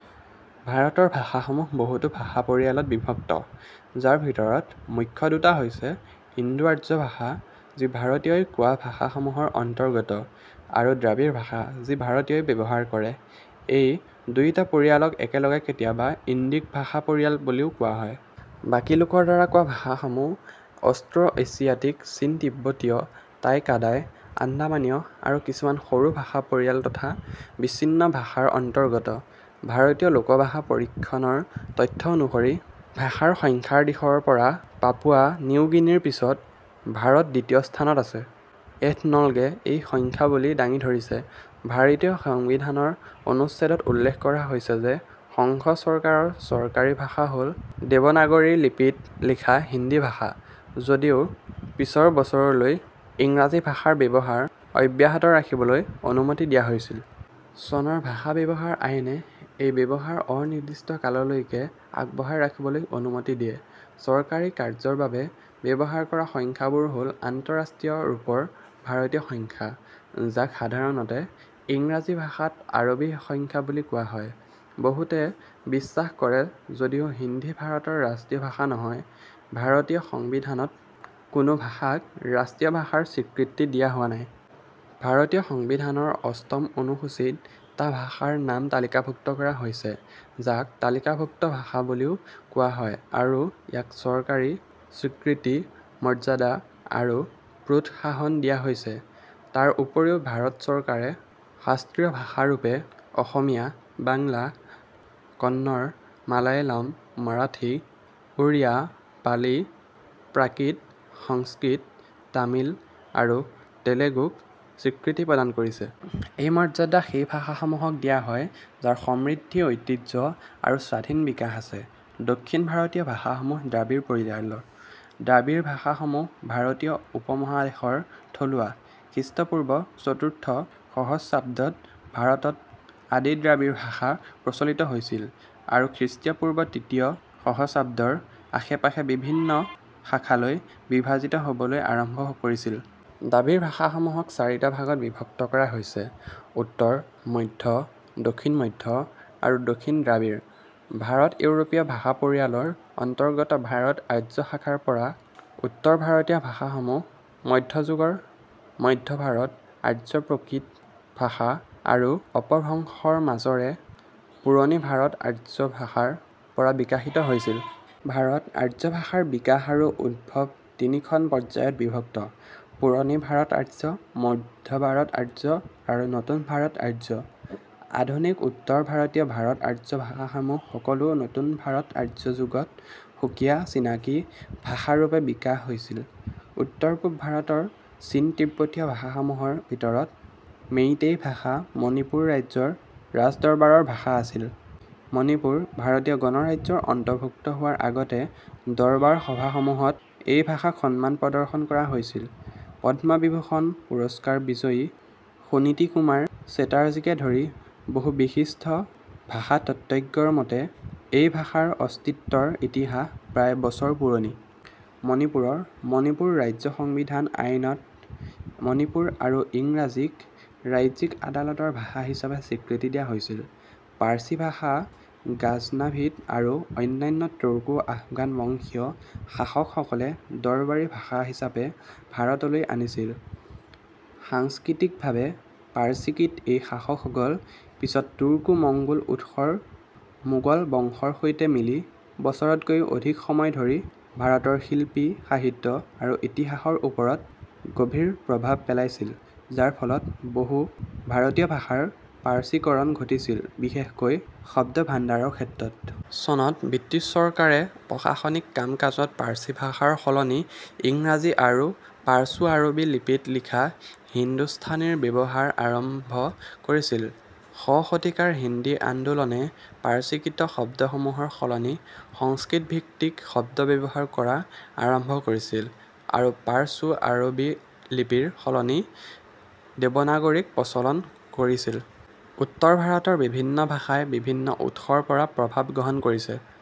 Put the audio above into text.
ভাৰতৰ ভাষাসমূহ বহুতো ভাষা পৰিয়ালত বিভক্ত, যাৰ ভিতৰত মুখ্য দুটা হৈছে ইণ্ডো-আৰ্য ভাষা —যি ভাৰতীয়ই কোৱা ভাষাসমূহৰ অন্তৰ্গত; আৰু দ্ৰাবিড় ভাষা—যি ভাৰতীয়ই ব্যৱহাৰ কৰে। এই দুয়োটা পৰিয়ালক একেলগে কেতিয়াবা ইণ্ডিক ভাষা পৰিয়াল বুলিও কোৱা হয়। বাকী লোকৰ দ্বাৰা কোৱা ভাষাসমূহ অষ্ট্ৰ'এচিয়াটিক, চীন-তিব্বতীয়, টাই-কাদাই, আন্দামানীয়া আৰু কিছুমান সৰু ভাষা পৰিয়াল তথা বিচ্ছিন্ন ভাষাৰ অন্তৰ্গত। ভাৰতীয় লোকভাষা পৰীক্ষণৰ তথ্য অনুসৰি, ভাষাৰ সংখ্যাৰ দিশৰ পৰা পাপুৱা নিউগিনিৰ পিছত, ভাৰত দ্বিতীয় স্থানত আছে। এথন'লগে এই সংখ্যা বুলি দাঙি ধৰিছে। ভাৰতীয় সংবিধান ৰ অনুচ্ছেদত উল্লেখ কৰা হৈছে যে সংঘ চৰকাৰৰ চৰকাৰী ভাষা হ'ল দেৱনাগৰী লিপি ত লিখা হিন্দী ভাষা, যদিও ৰ পিছৰ বছৰলৈ ইংৰাজী ভাষা ৰ ব্যৱহাৰ অব্যাহত ৰাখিবলৈ অনুমতি দিয়া হৈছিল। চনৰ ভাষা ব্যৱহাৰ আইনে এই ব্যৱহাৰ অনিৰ্দিষ্টকাললৈকে আগবঢ়াই ৰাখিবলৈ অনুমতি দিয়ে। চৰকাৰী কাৰ্যৰ বাবে ব্যৱহাৰ কৰা সংখ্যাবোৰ হ'ল "আন্তঃৰাষ্ট্ৰীয় ৰূপৰ ভাৰতীয় সংখ্যা ", যাক সাধাৰণতে ইংৰাজী ভাষাত আৰবী সংখ্যা বুলি কোৱা হয়। বহুতে বিশ্বাস কৰে যদিও হিন্দী ভাৰতৰ ৰাষ্ট্ৰীয় ভাষা নহয়; ভাৰতীয় সংবিধান ত কোনো ভাষাক ৰাষ্ট্ৰীয় ভাষাৰ স্বীকৃতি দিয়া হোৱা নাই। ভাৰতীয় সংবিধানৰ অষ্টম অনুসূচীত টা ভাষাৰ নাম তালিকাভুক্ত কৰা হৈছে, যাক তালিকাভুক্ত ভাষা বুলিও কোৱা হয় আৰু ইয়াক চৰকাৰী স্বীকৃতি, মৰ্যাদা আৰু প্ৰোৎসাহন দিয়া হৈছে। তাৰ উপৰিও, ভাৰত চৰকাৰে শাস্ত্ৰীয় ভাষা ৰূপে অসমীয়া, বাংলা, কন্নড়, মালয়ালম, মাৰাঠী, ওড়িয়া, পালি, প্ৰাকৃত, সংস্কৃত, তামিল আৰু তেলুগুক স্বীকৃতি প্ৰদান কৰিছে। এই মৰ্যাদা সেই ভাষাসমূহক দিয়া হয় যাৰ সমৃদ্ধ ঐতিহ্য আৰু স্বাধীন বিকাশ আছে। দক্ষিণ ভাৰতীয় ভাষাসমূহ দ্ৰাবিড় পৰিয়ালৰ। দ্ৰাবিড় ভাষাসমূহ ভাৰতীয় উপমহাদেশৰ থলুৱা। খ্ৰীষ্টপূৰ্ব চতুৰ্থ সহস্ৰাব্দত ভাৰতত আদিদ্ৰাবিড় ভাষা প্ৰচলিত হৈছিল আৰু খ্ৰীষ্টপূৰ্ব তৃতীয় সহস্ৰাব্দৰ আশে-পাশে বিভিন্ন শাখালৈ বিভাজিত হ'বলৈ আৰম্ভ কৰিছিল। দ্ৰাবিড় ভাষাসমূহক চাৰিটা ভাগত বিভক্ত কৰা হৈছে: উত্তৰ, মধ্য, দক্ষিণ-মধ্য, আৰু দক্ষিণ দ্ৰাবিড়। ভাৰত-ইউৰোপীয় ভাষা পৰিয়াল ৰ অন্তৰ্গত ভাৰত-আৰ্য্য শাখাৰ পৰা উত্তৰ ভাৰতীয় ভাষাসমূহ মধ্যযুগৰ মধ্য ভাৰত-আৰ্য্য প্ৰাকৃত ভাষা আৰু অপভ্ৰংশৰ মাজেৰে পুৰণি ভাৰত-আৰ্য্য ভাষাৰ পৰা বিকশিত হৈছিল। ভাৰত-আৰ্য্য ভাষাৰ বিকাশ আৰু উদ্ভৱ তিনিখন পৰ্যায়ত বিভক্ত — পুৰণি ভাৰত-আৰ্য্য, মধ্য ভাৰত-আৰ্য্য, আৰু নতুন ভাৰত-আৰ্য্য। আধুনিক উত্তৰ ভাৰতীয় ভাৰত-আৰ্য্য ভাষাসমূহ সকলো নতুন ভাৰত-আৰ্য্য যুগত সুকীয়া, চিনাকি ভাষাৰূপে বিকশিত হৈছিল। উত্তৰ-পূব ভাৰতত চীন-তিব্বতীয় ভাষাসমূহৰ ভিতৰত মেইতেই ভাষা মণিপুৰ ৰাজ্যৰ ৰাজদৰবাৰৰ ভাষা আছিল। মণিপুৰ ভাৰতীয় গণৰাজ্যৰ অন্তৰ্ভুক্ত হোৱাৰ আগতে দৰবাৰ সভাসমূহত এই ভাষাক সন্মান প্ৰদৰ্শন কৰা হৈছিল। পদ্ম বিভূষণ পুৰস্কাৰ বিজয়ী সুনীতি কুমাৰ চেটাৰ্জীকে ধৰি বহু বিশিষ্ট ভাষাতত্ত্বজ্ঞৰ মতে এই ভাষাৰ অস্তিত্বৰ ইতিহাস প্ৰায় – বছৰ পুৰণি। মণিপুৰৰ "মণিপুৰ ৰাজ্য সংবিধান আইন, "-ত মণিপুৰী আৰু ইংৰাজীক ৰাজ্যিক আদালতৰ ভাষা হিচাপে স্বীকৃতি দিয়া হৈছিল। পাৰ্চী ভাষা গাজনাভিদ আৰু অন্যান্য তুৰ্কো-আফগান বংশীয় শাসকসকলে দৰবাৰী ভাষা হিচাপে ভাৰতলৈ অনিছিল। সাংস্কৃতিকভাৱে পাৰ্চীকৃত এই শাসকসকল, পিছৰ তুৰ্কো-মংগোল উৎসৰ মোগল বংশৰ সৈতে মিলি, বছৰতকৈও অধিক সময় ধৰি ভাৰতৰ শিল্প, সাহিত্য আৰু ইতিহাসৰ ওপৰত গভীৰ প্ৰভাৱ পেলাইছিল, যাৰ ফলত বহু ভাৰতীয় ভাষাৰ পাৰ্চীকৰণ ঘটিছিল, বিশেষকৈ শব্দভাণ্ডাৰৰ ক্ষেত্ৰত। চনত ব্ৰিটিছ চৰকাৰে প্ৰশাসনিক কাম-কাজত পাৰ্চী ভাষাৰ সলনি ইংৰাজী আৰু পাৰ্চো-আৰবী লিপিত লিখা হিন্দুস্তানীৰ ব্যৱহাৰ আৰম্ভ কৰিছিল। শ শতিকাৰ হিন্দী আন্দোলনে পাৰ্চীকৃত শব্দসমূহৰ সলনি সংস্কৃত-ভিত্তিক শব্দ ব্যৱহাৰ কৰা আৰম্ভ কৰিছিল আৰু পাৰ্চো-আৰবী লিপিৰ সলনি দেৱনাগৰীক প্ৰচলন কৰিছিল।। উত্তৰ ভাৰতৰ বিভিন্ন ভাষাই বিভিন্ন উৎসৰ পৰা প্ৰভাৱ গ্ৰহণ কৰিছে।